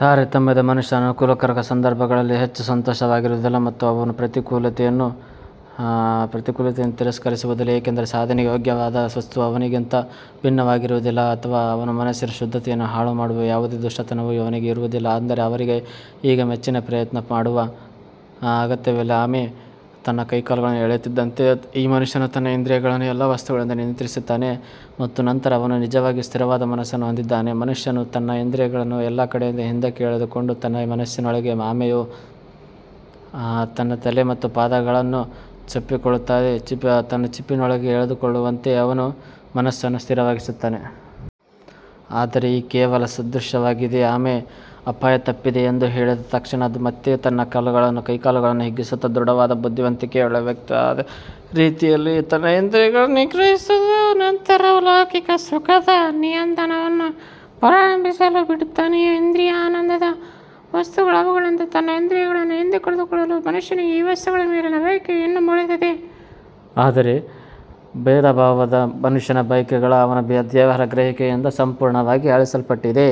ತಾರತಮ್ಯದ ಮನುಷ್ಯನು ಅನುಕೂಲಕರ ಸಂದರ್ಭಗಳಲ್ಲಿ ಹೆಚ್ಚು ಸಂತೋಷವಾಗಿರುವುದಿಲ್ಲ ಮತ್ತು ಅವನು ಪ್ರತಿಕೂಲತೆಯನ್ನು ತಿರಸ್ಕರಿಸುವುದಿಲ್ಲ ಏಕೆಂದರೆ ಸಾಧನೆಗೆ ಯೋಗ್ಯವಾದ ವಸ್ತುವು ಅವನಿಗಿಂತ ಭಿನ್ನವಾಗಿರುವುದಿಲ್ಲ ಅಥವಾ ಅವನ ಮನಸ್ಸಿನ ಶುದ್ಧತೆಯನ್ನು ಹಾಳುಮಾಡುವ ಯಾವುದೇ ದುಷ್ಟತನವು ಅವನಿಗೆ ಇರುವುದಿಲ್ಲ. ಅಂದರೆ ಅವರಿಗೆ ಈಗ ಹೆಚ್ಚಿನ ಪ್ರಯತ್ನ ಪಡುವ ಅಗತ್ಯವಿಲ್ಲ ಆಮೆ ತನ್ನ ಕೈಕಾಲುಗಳನ್ನು ಎಳೆಯುತ್ತಿದ್ದಂತೆ ಈ ಮನುಷ್ಯನು ತನ್ನ ಇಂದ್ರಿಯಗಳನ್ನು ಎಲ್ಲಾ ವಸ್ತುಗಳಿಂದ ನಿಯಂತ್ರಿಸುತ್ತಾನೆ ಮತ್ತು ನಂತರ ಅವನು ನಿಜವಾಗಿಯೂ ಸ್ಥಿರವಾದ ಮನಸ್ಸನ್ನು ಹೊಂದಿದ್ದಾನೆ ಮನುಷ್ಯನು ತನ್ನ ಇಂದ್ರಿಯಗಳನ್ನು ಎಲ್ಲಾ ಕಡೆಯಿಂದ ಹಿಂದಕ್ಕೆ ಎಳೆದುಕೊಂಡು ತನ್ನ ಮನಸ್ಸಿನೊಳಗೆ ಆಮೆಯು ತನ್ನ ತಲೆ ಮತ್ತು ಪಾದಗಳನ್ನು ತನ್ನ ಚಿಪ್ಪಿನೊಳಗೆ ಎಳೆದುಕೊಳ್ಳುವಂತೆ ಅವನ ಮನಸ್ಸು ಸ್ಥಿರವಾಗಿರುತ್ತದೆ. ಆದರೆ ಇದು ಕೇವಲ ಸಾದೃಶ್ಯವಾಗಿದೆ ಆಮೆ ಅಪಾಯ ತಪ್ಪಿದೆ ಎಂದು ತಿಳಿದ ತಕ್ಷಣ ಅದು ಮತ್ತೆ ತನ್ನ ಕೈಕಾಲುಗಳನ್ನು ಹಿಗ್ಗಿಸುತ್ತದೆ ದೃಢವಾದ ಬುದ್ಧಿವಂತಿಕೆಯುಳ್ಳ ವ್ಯಕ್ತಿಯು ಅದೇ ರೀತಿಯಲ್ಲಿ ತನ್ನ ಇಂದ್ರಿಯಗಳನ್ನು ನಿಗ್ರಹಿಸಿದ ನಂತರ ಮತ್ತು ಲೌಕಿಕ ಸುಖದ ಆನಂದವನ್ನು ಪುನರಾರಂಭಿಸಲು ಬಿಡುತ್ತಾನೆಯೇ? ಇಂದ್ರಿಯ ಆನಂದದ ವಸ್ತುಗಳು ಅವುಗಳಿಂದ ತನ್ನ ಇಂದ್ರಿಯಗಳನ್ನು ಹಿಂತೆಗೆದುಕೊಳ್ಳುವ ಮನುಷ್ಯನಿಗೆ ಈ ವಸ್ತುಗಳ ಮೇಲಿನ ಬಯಕೆ ಇನ್ನೂ ಉಳಿದಿದೆ ಆದರೆ ಭೇದಭಾವದ ಮನುಷ್ಯನ ಬಯಕೆಗಳು ಅವನ ದೇವರ ಗ್ರಹಿಕೆಯಿಂದ ಸಂಪೂರ್ಣವಾಗಿ ಅಳಿಸಲ್ಪಡುತ್ತವೆ.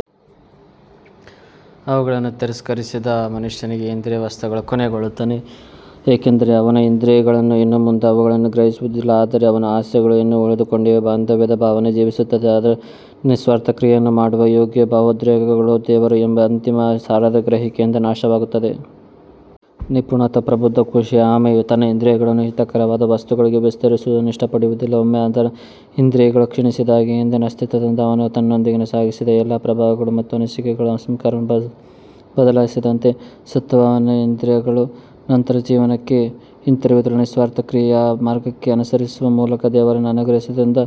ಅವುಗಳನ್ನು ತಿರಸ್ಕರಿಸಿದ ಮನುಷ್ಯನಿಗೆ ಇಂದ್ರಿಯ ವಸ್ತುಗಳು ಕೊನೆಗೊಳ್ಳುತ್ತವೆ ಏಕೆಂದರೆ ಅವನ ಇಂದ್ರಿಯಗಳು ಇನ್ನು ಮುಂದೆ ಅವುಗಳನ್ನು ಗ್ರಹಿಸುವುದಿಲ್ಲ ಆದರೆ ಅವನ ಆಸೆಗಳು ಇನ್ನೂ ಉಳಿದುಕೊಂಡಿವೆ. ಬಾಂಧವ್ಯದ ಭಾವನೆ ಜೀವಿಸುತ್ತದೆ ಆದರೆ ನಿಸ್ವಾರ್ಥ ಕ್ರಿಯೆಯನ್ನು ಮಾಡುವ ಯೋಗಿಯ ಭಾವೋದ್ರೇಕಗಳು ದೇವರು ಎಂಬ ಅಂತಿಮ ಸಾರದ ಗ್ರಹಿಕೆಯಿಂದ ನಾಶವಾಗುತ್ತವೆ. ನಿಪುಣ ಅಥವಾ ಪ್ರಬುದ್ಧ ಋಷಿಯು ಆಮೆಯು ತನ್ನ ಇಂದ್ರಿಯಗಳನ್ನು ಹಿತಕರವಾದ ವಸ್ತುಗಳಿಗೆ ವಿಸ್ತರಿಸುವುದನ್ನು ಇಷ್ಟಪಡುವುದಿಲ್ಲ. ಒಮ್ಮೆ ಅವನ ಇಂದ್ರಿಯಗಳು ಕ್ಷೀಣಿಸಿದಾಗ, ಹಿಂದಿನ ಅಸ್ತಿತ್ವದಿಂದ ಅವನು ತನ್ನೊಂದಿಗೆ ಸಾಗಿಸಿದ ಎಲ್ಲಾ ಪ್ರಭಾವಗಳು ಮತ್ತು ಅನಿಸಿಕೆಗಳು ಸಂಸ್ಕಾರವನ್ನು ಬದಲಾಯಿಸಲಾಗದಂತೆ ಸತ್ತವು. ಅವನ ಇಂದ್ರಿಯಗಳು ನಂತರ ಜೀವನಕ್ಕೆ ಹಿಂತಿರುಗುವುದಿಲ್ಲ ನಿಸ್ವಾರ್ಥ ಕ್ರಿಯೆಯ ಮಾರ್ಗವನ್ನು ಅನುಸರಿಸುವ ಮೂಲಕ ದೇವರನ್ನು ಗ್ರಹಿಸುವುದರಿಂದ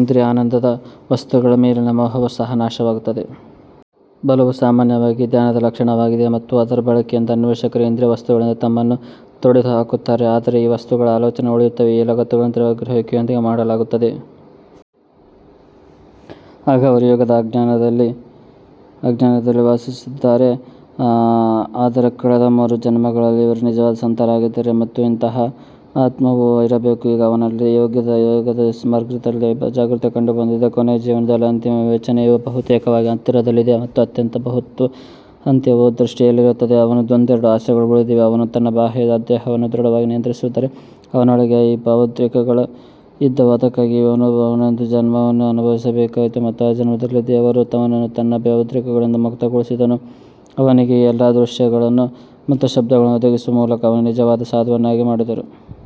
ಇಂದ್ರಿಯ ಆನಂದದ ವಸ್ತುಗಳ ಮೇಲಿನ ಮೋಹಗಳು ಸಹ ನಾಶವಾಗುತ್ತವೆ. ಬಲವು ಸಾಮಾನ್ಯವಾಗಿ ಧ್ಯಾನದ ಲಕ್ಷಣವಾಗಿದೆ ಮತ್ತು ಅದರ ಬಳಕೆಯಿಂದ ಅನ್ವೇಷಕರು ಇಂದ್ರಿಯ ವಸ್ತುಗಳಿಂದ ತಮ್ಮನ್ನು ತೊಡೆದುಹಾಕುತ್ತಾರೆ ಆದರೆ ಈ ವಸ್ತುಗಳ ಆಲೋಚನೆಗಳು ಉಳಿಯುತ್ತವೆ ಈ ಲಗತ್ತುಗಳನ್ನು ದೇವರ ಗ್ರಹಿಕೆಯೊಂದಿಗೆ ಮಾತ್ರ ಕೊನೆಗೊಳಿಸಲಾಗುತ್ತದೆ ಮತ್ತು ಅದಕ್ಕಿಂತ ಮೊದಲು ಎಂದಿಗೂ ಏಕೆಂದರೆ ಈ ಹಂತದ ಶೇಷಗಳು ಈ ಹಂತಕ್ಕೆ ಆಗ ಅವರು ಯೋಗದ ಅಜ್ಞಾನದಲ್ಲಿ ವಾಸಿಸುತ್ತಿದ್ದರು ಆದರೆ ಕಳೆದ ಮೂರು ಜನ್ಮಗಳಲ್ಲಿ ಅವರು ನಿಜವಾದ ಸಂತರಾಗಿದ್ದರು ಮತ್ತು ಅಂತಹ ಆತ್ಮವು ಇರಬೇಕು ಮತ್ತು ಈಗ ಅವನಲ್ಲಿ ಯೋಗದ ಮಾರ್ಗದ ಜಾಗೃತಿ ಕಂಡುಬಂದಿದೆ. ಕೊನೆಯ ಜೀವನದಲ್ಲಿ ಅಂತಿಮ ವಿಮೋಚನೆಯು ಬಹುತೇಕ ಹತ್ತಿರದಲ್ಲಿದೆ ಮತ್ತು ಅಂತ್ಯವು ದೃಷ್ಟಿಯಲ್ಲಿತ್ತು ಆದರೆ ಅವನ ಒಂದೆರಡು ಆಸೆಗಳು ಉಳಿದಿವೆ ಅವನು ತನ್ನ ಬಾಹ್ಯ ದೇಹವನ್ನು ದೃಢವಾಗಿ ನಿಯಂತ್ರಿಸುತ್ತಿದ್ದರೂ ಅವನೊಳಗೆ ಈ ಭಾವೋದ್ರೇಕಗಳು ಇದ್ದವು ಅದಕ್ಕಾಗಿಯೇ ಅವನು ಇನ್ನೊಂದು ಜನ್ಮವನ್ನು ಅನುಭವಿಸಬೇಕಾಯಿತು ಮತ್ತು ಈ ಜನ್ಮದಲ್ಲಿ ದೇವರು ಅವನನ್ನು ಅವನ ಎಲ್ಲಾ ಭಾವೋದ್ರೇಕಗಳಿಂದ ಮುಕ್ತಗೊಳಿಸಿದನು ಮತ್ತು ಅವನಿಗೆ ಎಲ್ಲಾ ದೃಶ್ಯಗಳು ಮತ್ತು ಶಬ್ದಗಳನ್ನು ಒದಗಿಸುವ ಮೂಲಕ ಅವನನ್ನು ನಿಜವಾದ ಸಾಧುವನ್ನಾಗಿ ಮಾಡಿದನು.